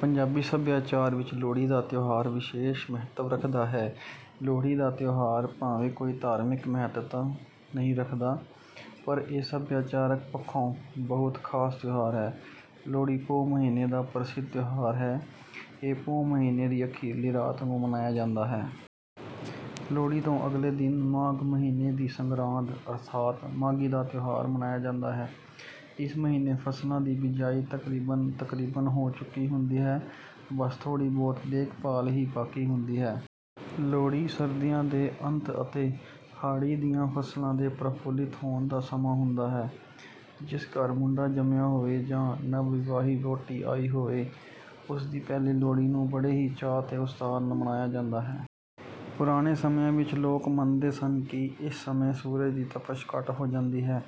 ਪੰਜਾਬੀ ਸੱਭਿਆਚਾਰ ਵਿੱਚ ਲੋਹੜੀ ਦਾ ਤਿਉਹਾਰ ਵਿਸ਼ੇਸ਼ ਮਹੱਤਵ ਰੱਖਦਾ ਹੈ। ਲੋਹੜੀ ਦਾ ਤਿਉਹਾਰ ਭਾਵੇਂ ਕੋਈ ਧਾਰਮਿਕ ਮਹੱਤਤਾ ਨਹੀਂ ਰੱਖਦਾ, ਪਰ ਇਹ ਸੱਭਿਆਚਾਰਕ ਪੱਖੋਂ ਬਹੁਤ ਖ਼ਾਸ ਤਿਉਹਾਰ ਹੈ। ਲੋਹੜੀ ਪੋਹ ਮਹੀਨੇ ਦਾ ਪ੍ਰਸਿੱਧ ਤਿਉਹਾਰ ਹੈ, ਇਹ ਪੋਹ ਮਹੀਨੇ ਦੀ ਅਖੀਰਲੀ ਰਾਤ ਨੂੰ ਮਨਾਇਆ ਜਾਂਦਾ ਹੈ। ਲੋਹੜੀ ਤੋਂ ਅਗਲੇ ਦਿਨ ਮਾਘ ਮਹੀਨੇ ਦੀ ਸੰਗਰਾਂਦ, ਅਰਥਾਤ ਮਾਘੀ ਦਾ ਤਿਉਹਾਰ, ਮਨਾਇਆ ਜਾਂਦਾ ਹੈ। ਇਸ ਮਹੀਨੇ ਫ਼ਸਲਾਂ ਦੀ ਬਿਜਾਈ ਤਕਰੀਬਨ-ਤਕਰੀਬਨ ਹੋ ਚੁੱਕੀ ਹੁੰਦੀ ਹੈ, ਬੱਸ ਥੋੜ੍ਹੀ ਬਹੁਤ ਦੇਖ ਭਾਲ ਹੀ ਬਾਕੀ ਹੁੰਦੀ ਹੈ। ਲੋਹੜੀ ਸਰਦੀਆਂ ਦੇ ਅੰਤ ਅਤੇ ਹਾੜ੍ਹੀ ਦੀਆਂ ਫ਼ਸਲਾਂ ਦੇ ਪ੍ਰਫੁੱਲਿਤ ਹੋਣ ਦਾ ਸਮਾਂ ਹੁੰਦਾ ਹੈ। ਜਿਸ ਘਰ ਮੁੰਡਾ ਜੰਮਿਆ ਹੋਵੇ ਜਾਂ ਨਵਵਿਆਹੀ ਵਹੁਟੀ ਆਈ ਹੋਵੇ, ਉਸ ਦੀ ਪਹਿਲੀ ਲੋਹੜੀ ਨੂੰ ਬੜੇ ਹੀ ਚਾਅ ਤੇ ਉਤਸ਼ਾਹ ਨਾਲ ਮਨਾਇਆ ਜਾਂਦਾ ਹੈ। ਪੁਰਾਣੇ ਸਮਿਆਂ ਵਿੱਚ ਲੋਕ ਮੰਨਦੇ ਸਨ ਕਿ ਇਸ ਸਮੇਂ ਸੂਰਜ ਦੀ ਤਪਸ਼ ਘੱਟ ਹੋ ਜਾਂਦੀ ਹੈ।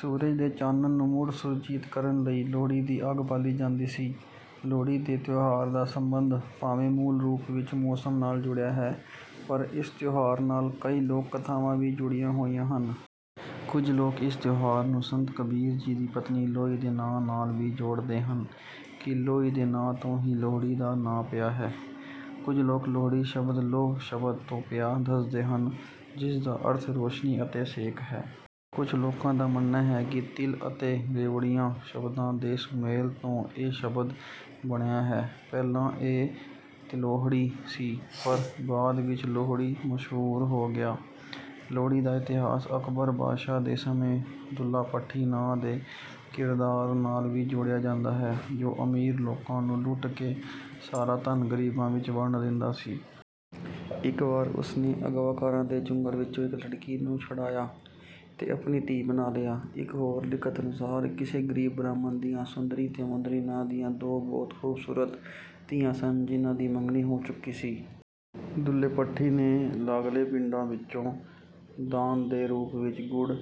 ਸੂਰਜ ਦੇ ਚਾਨਣ ਨੂੰ ਮੁੜ ਸੁਰਜੀਤ ਕਰਨ ਲਈ ਲੋਹੜੀ ਦੀ ਅੱਗ ਬਾਲੀ ਜਾਂਦੀ ਸੀ। ਲੋਹੜੀ ਦੇ ਤਿਉਹਾਰ ਦਾ ਸਬੰਧ ਭਾਵੇਂ ਮੂਲ ਰੂਪ ਵਿਚ ਮੌਸਮ ਨਾਲ ਜੁੜਿਆ ਹੈ, ਪਰ ਇਸ ਤਿਉਹਾਰ ਨਾਲ ਕਈ ਲੋਕ-ਕਥਾਵਾਂ ਵੀ ਜੁੜੀਆਂ ਹੋਈਆਂ ਹਨ। ਕੁਝ ਲੋਕ ਇਸ ਤਿਉਹਾਰ ਨੂੰ ਸੰਤ ਕਬੀਰ ਜੀ ਦੀ ਪਤਨੀ 'ਲੋਈ' ਦੇ ਨਾਂਅ ਨਾਲ ਵੀ ਜੋੜਦੇ ਹਨ ਕਿ 'ਲੋਈ' ਦੇ ਨਾਂਅ ਤੋਂ ਹੀ 'ਲੋਹੜੀ' ਦਾ ਨਾਂਅ ਪਿਆ ਹੈ। ਕੁਝ ਲੋਕ ਲੋਹੜੀ ਸ਼ਬਦ 'ਲੋਹ' ਸ਼ਬਦ ਤੋਂ ਪਿਆ ਦੱਸਦੇ ਹਨ, ਜਿਸ ਦਾ ਅਰਥ ਰੌਸ਼ਨੀ ਅਤੇ ਸੇਕ ਹੈ। ਕੁਝ ਲੋਕਾਂ ਦਾ ਮੰਨਣਾ ਹੈ ਕਿ ਤਿਲ ਅਤੇ ਰਿਉੜੀਆਂ ਸ਼ਬਦਾਂ ਦੇ ਸੁਮੇਲ ਤੋਂ ਇਹ ਸ਼ਬਦ ਬਣਿਆ ਹੈ, ਪਹਿਲਾਂ ਇਹ 'ਤਿਲੋਹੜੀ' ਸੀ, ਪਰ ਬਾਅਦ ਵਿੱਚ 'ਲੋਹੜੀ' ਮਸ਼ਹੂਰ ਹੋ ਗਿਆ। ਲੋਹੜੀ ਦਾ ਇਤਿਹਾਸ ਅਕਬਰ ਬਾਦਸ਼ਾਹ ਦੇ ਸਮੇਂ 'ਦੁੱਲਾ ਭੱਟੀ' ਨਾਂਅ ਦੇ ਕਿਰਦਾਰ ਨਾਲ ਵੀ ਜੋੜਿਆ ਜਾਂਦਾ ਹੈ, ਜੋ ਅਮੀਰ ਲੋਕਾਂ ਨੂੰ ਲੁੱਟ ਕੇ ਸਾਰਾ ਧਨ ਗ਼ਰੀਬਾਂ ਵਿੱਚ ਵੰਡ ਦਿੰਦਾ ਸੀ। ਇੱਕ ਵਾਰ ਉਸ ਨੇ ਅਗਵਾਕਾਰਾਂ ਦੇ ਚੁੰਗਲ ਵਿਚੋਂ ਇੱਕ ਲੜਕੀ ਨੂੰ ਛੁਡਾਇਆ ਤੇ ਆਪਣੀ ਧੀ ਬਣਾ ਲਿਆ। ਇੱਕ ਹੋਰ ਲਿਖਤ ਅਨੁਸਾਰ ਕਿਸੇ ਗ਼ਰੀਬ ਬ੍ਰਾਹਮਣ ਦੀਆਂ ਸੁੰਦਰੀ ਤੇ ਮੁੰਦਰੀ ਨਾਂਅ ਦੀਆਂ ਦੋ ਬਹੁਤ ਖੂਬਸੂਰਤ ਧੀਆਂ ਸਨ, ਜਿਨ੍ਹਾਂ ਦੀ ਮੰਗਣੀ ਹੋ ਚੁੱਕੀ ਸੀ। ਦੁੱਲੇ ਭੱਟੀ ਨੇ ਲਾਗਲੇ ਪਿੰਡਾਂ ਵਿਚੋਂ ਦਾਨ ਦੇ ਰੂਪ ਵਿੱਚ ਗੁੜ